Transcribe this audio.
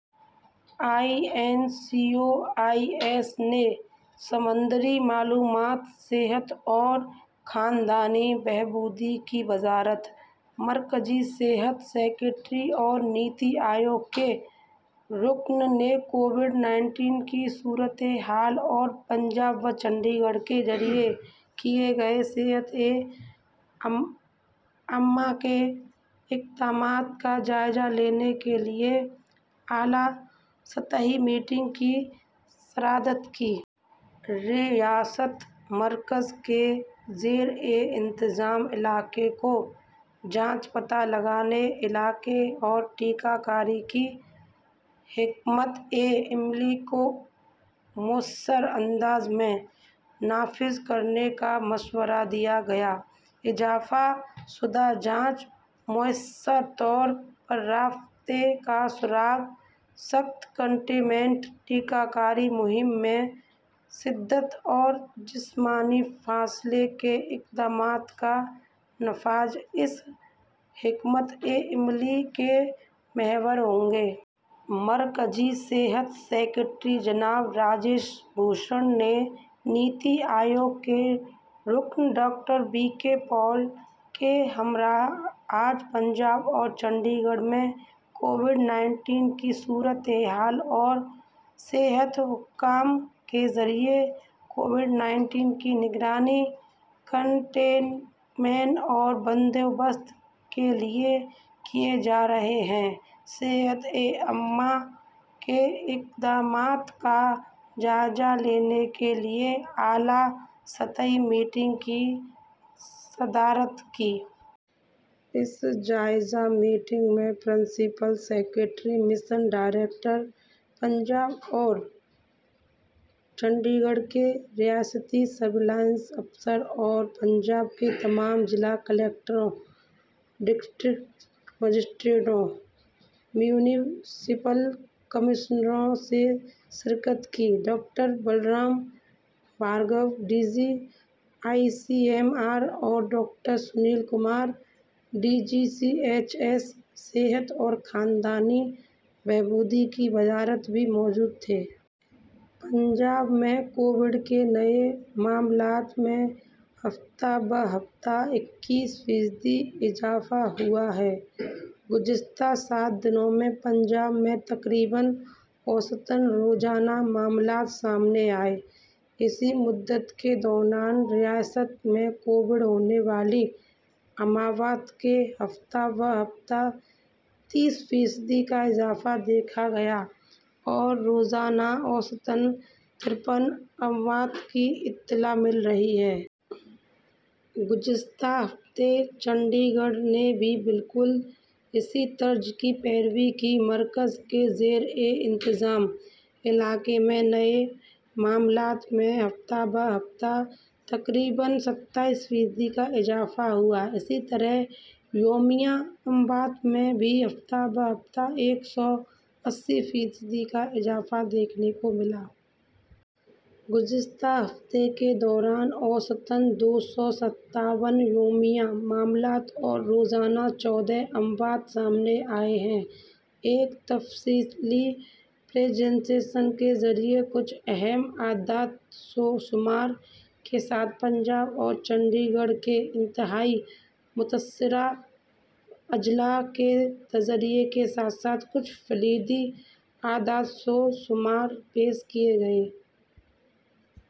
I N C O I S نے سمندری معلومات... صحت اور خاندانی بہبود کی وزارت مرکزی صحت سکریٹری اور نیتی آیوگ کے رکن نے کووڈ-انیس کی صورتحال اور پنجاب و چندی گڑھ کے ذریعے کیے گئے صحتِ عامہ کے اقدامات کا جائزہ لینے کے لیے ایک اعلیٰ سطحی میٹنگ کی صدارت کی۔ ریاست/مرکز کے زیرِ انتظام علاقے کو ’’جانچ، پتہ لگانے، علاج اور ٹیکہ کاری‘‘ کی حکمتِ عملی کو مؤثر انداز میں نافذ کرنے کا مشورہ دیا گیا۔ اضافہ شدہ جانچ، مؤثر طور پر رابطے کا سراغ، سخت کنٹینمنٹ، ٹیکہ کاری مہم میں شدت اور جسمانی فاصلے کے اقدامات کا نفاذ اس حکمتِ عملی کے محور ہوں گے۔ مرکزی صحت سکریٹری جناب راجیش بھوشن نے نیتی آیوگ کے رکن ڈاکٹر وی کے پال کے ہمراہ آج پنجاب اور چنڈی گڑھ میں کووڈ-انیس کی صورتحال اور صحت حکام کے ذریعے کووڈ-انیس کی نگرانی، کنٹینمنٹ اور بندوبست کے لیے کیے جا رہے صحتِ عامہ کے اقدامات کا جائزہ لینے کے لیے ایک اعلیٰ سطحی میٹنگ کی صدارت کی۔ اس جائزہ میٹنگ میں principal secretary, mission director, Punjab اور چنڈی گڑھ کے ریاستی سرویلنس افسر اور پنجاب کے تمام ضلعی کلکٹرز/ڈسٹرکٹ مجسٹریٹس/میونسپل کمشنرز نے شرکت کی۔ Doctor Balram Bhargava, D G, I C M R اور doctor Sunil Kumar, D G H S, صحت و خاندانی بہبود کی وزارت بھی موجود تھے۔ پنجاب میں کووڈ کے نئے معاملات میں ہفتہ بہ ہفتہ اکیس فیصد اضافہ ہوا ہے۔ گزشتہ سات دنوں میں پنجاب میں تقریباً اوسطاً یومیہ معاملات سامنے آئے ہیں۔ اسی مدت کے دوران ریاست میں کووڈ سے ہونے والی اموات میں ہفتہ بہ ہفتہ تیس فیصد کا اضافہ دیکھا گیا ہے اور روزانہ اوسطاً ترپن اموات کی اطلاع مل رہی ہے۔ گزشتہ ہفتے چنڈی گڑھ نے بھی بالکل اسی طرز کی پیروی کی ہے۔ مرکز کے زیرِ انتظام علاقے میں نئے معاملات میں ہفتہ بہ ہفتہ تقریباً ستائیس فیصد کا اضافہ ہوا ہے۔ اسی طرح یومیہ اموات میں بھی ہفتہ بہ ہفتہ ایک سو اسی فیصد کا اضافہ دیکھنے کو ملا ہے۔ گزشتہ ہفتے کے دوران اوسطاً دو سو ستاون یومیہ معاملات اور روزانہ چودہ اموات سامنے آئی ہیں۔ ایک تفصیلی پریزنٹیشن کے ذریعے کچھ اہم اعداد و شمار کے ساتھ پنجاب اور چندی گڑھ کے انتہائی متاثرہ اضلاع کے تجزیے کے ساتھ ساتھ کچھ کلیدی اعداد و شمار پیش کیے گئے۔